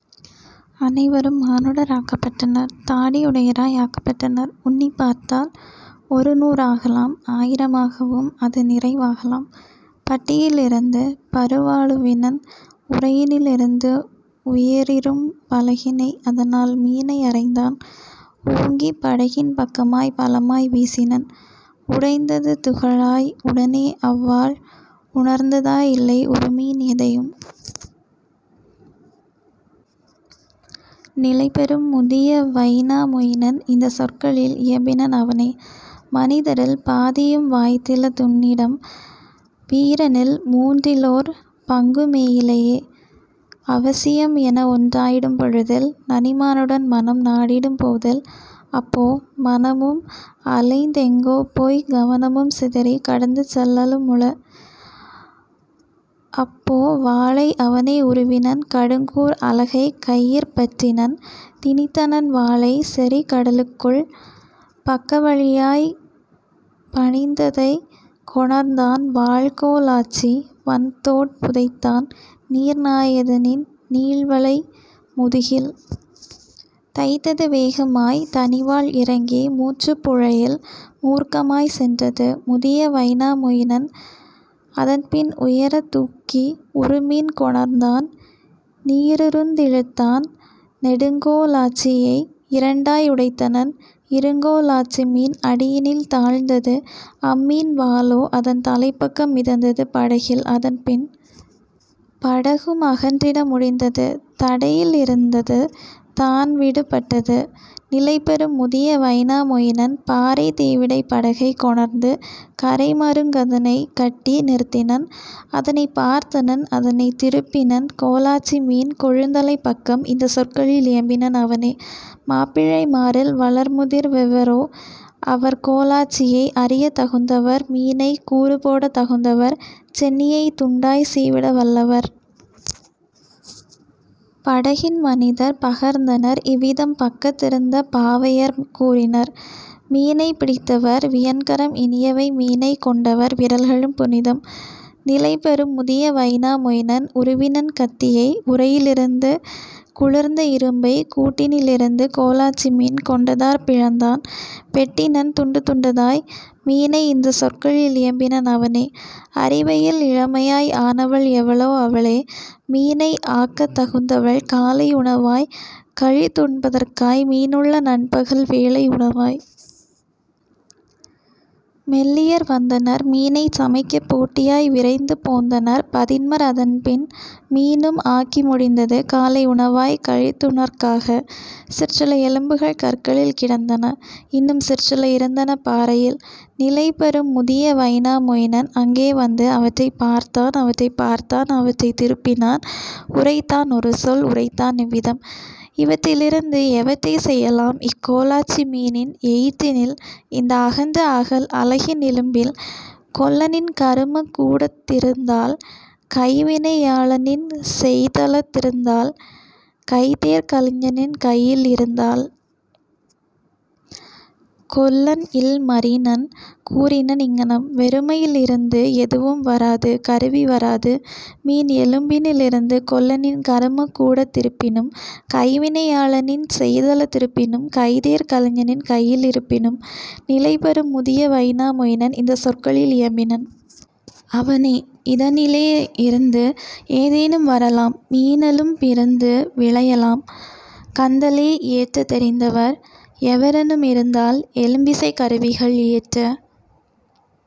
"அனைவரும் மானுடர் ஆக்கப் பட்டனர் தாடி உடையராய் ஆக்கப் பட்டனர் உன்னிப் பார்த்தால் ஒருநூ றாகலாம் ஆயிர மாகவும் அதுநிறை வாகலாம். " பட்டியி லிருந்து பருவா ளுருவினன் உறையினி லிருந்து உயரிரும் பலகினை அதனால் மீனை அறைந்தான் ஓங்கி படகின் பக்கமாய்ப் பலமாய் வீசினன்: உடைந்தது துகளாய் உடனே அவ்வாள் உணர்ந்ததா யில்லை உறுமீன் எதையும். நிலைபெறும் முதிய வைனா மொயினன் இந்தச் சொற்களில் இயம்பினன் அவனே: "மனிதரில் பாதியும் வாய்த்தில துன்னிடம் வீரனில் மூன்றிலோர் பங்குமே யிலையே. அவசியம் எனஒன் றாயிடும் பொழுதில் நனிமா னுடன்மனம் நாடிடும் போதில் அப்போ மனமும் அலைந்தெங் கோபோய் கவனமும் சிதறிக் கடந்துசெல் லலுமுள. " அப்போ வாளை அவனே உருவினன் கடுங்கூர் அலகைக் கையிற் பற்றினன் திணித்தனன் வாளைச் செறிகட லுக்குள் பக்க வழியாய்ப் பணித்ததைக் கொணர்ந்தான் வாள்கோ லாச்சி வன்தோட் புதைத்தான் நீர்நா யதனின் நீள்வளை முதுகில். தைத்தது வேகமாய்த் தனிவாள் இறங்கி மூச்சுப் புழையில் மூர்க்கமாய்ச் சென்றது; முதிய வைனா மொயினன் அதன்பின் உயரத் தூக்கி உறுமீன் கொணர்ந்தான் நீரிருந் திழுத்தான் நெடுங்கோ லாச்சியை இரண்டாய் உடைத்தனன் இருங்கோ லாச்சிமீன் அடியினில் தாழ்ந்தது அம்மீன் வாலோ அதன் தலைப்பக்கம் மிதந்தது படகில். அதன்பின் படகும் அகன்றிட முடிந்தது தடையி லிருந்தது தான்விடு பட்டது; நிலைபெறும் முதிய வைனா மொயினன் பாறைத் தீவிடைப் படகைக் கொணர்ந்து கரைமருங் கதனைக் கட்டி நிறுத்தினன் அதனைப் பார்த்தனன் அதனைத் திருப்பினன் கோலாச் சிமீன் கொழுந்தலைப் பக்கம் இந்தச் சொற்களில் இயம்பினன் அவனே: "மாப்பிள்ளை மாரில் வளர்முதிர் வெவரோ அவர்கோ லாச்சியை அரியத் தகுந்தவர் மீனைக் கூறு போடத் தகுந்தவர் சென்னியைத் துண்டாய்ச் சீவிட வல்லவர். " படகின் மனிதர் பகர்ந்தனர் இவ்விதம் பக்கத் திருந்த பாவையர் கூறினர்: "மீனைப் பிடித்தவர் வியன்கரம் இனியவை மீனைக் கொண்டவர் விரல்களும் புனிதம். " நிலைபெறும் முதிய வைனா மொயினன் உருவினன் கத்தியை உறையினி லிருந்து குளிர்ந்த இரும்பைக் கூட்டினி லிருந்து கோலாச் சிமீன் கொண்டதாற் பிளந்தான் வெட்டினன் துண்டு துண்டதாய் மீனை இந்தச் சொற்களில் இயம்பினன் அவனே: "அரிவையில் இளமையாய் ஆனவள் எவளோ அவளே மீனை ஆக்கத் தகுந்தவள் காலை உணவாய்க் களித்துண் பதற்காய் மீனுள்ள நண்பகல் வேளை உணவாய். " மெல்லியர் வந்தனர் மீனைச் சமைக்க போட்டியாய் விரைந்து போந்தனர் பதின்மர் அதன்பின் மீனும் ஆக்கி முடிந்தது காலை உணவாய்க் களித்துணற் காக; சிற்சில எலும்புகள் கற்களில் கிடந்தன இன்னும் சிற்சில இருந்தன பாறையில். நிலைபெறும் முதிய வைனா மொயினன் அங்கே வந்து அவற்றைப் பார்த்தான் அவற்றைப் பார்த்தான் அவற்றைத் திருப்பினான் உரைத்தான் ஒருசொல் உரைத்தான் இவ்விதம்: "இவற்றி லிருந்து எவற்றைச் செய்யலாம் இக்கோ லாச்சி மீனின் எயிற்றினில் இந்த அகன்ற அலகின் எலும்பில் கொல்லனின் கருமக் கூடத் திருந்தால் கைவினை யாளனின் செய்தலத் திருந்தால் கைதேர் கலைஞனின் கையில் இருந்தால்? " கொல்லன்இல் மரினன் கூறினன் இங்ஙனம்: "வெறுமையி லிருந்து எதுவும் வராது கருவி வராதுமீன் எலும்பினி லிருந்து கொல்லனின் கருமக் கூடத் திருப்பினும் கைவினை யாளனின் செய்தலத் திருப்பினும் கைதேர் கலைஞனின் கையில் இருப்பினும். " நிலைபெறும் முதிய வைனா மொயினன் இந்தச் சொற்களில் இயம்பினன் அவனே: "இதனிலே யிருந்து ஏதேனும் வரலாம் மீனெலும் பிருந்து விளையலாம் கந்தலே இயற்றத் தெரிந்தவர் எவரெனு மிருந்தால் எலும்பிசைக் கருவிகள் இயற்றத்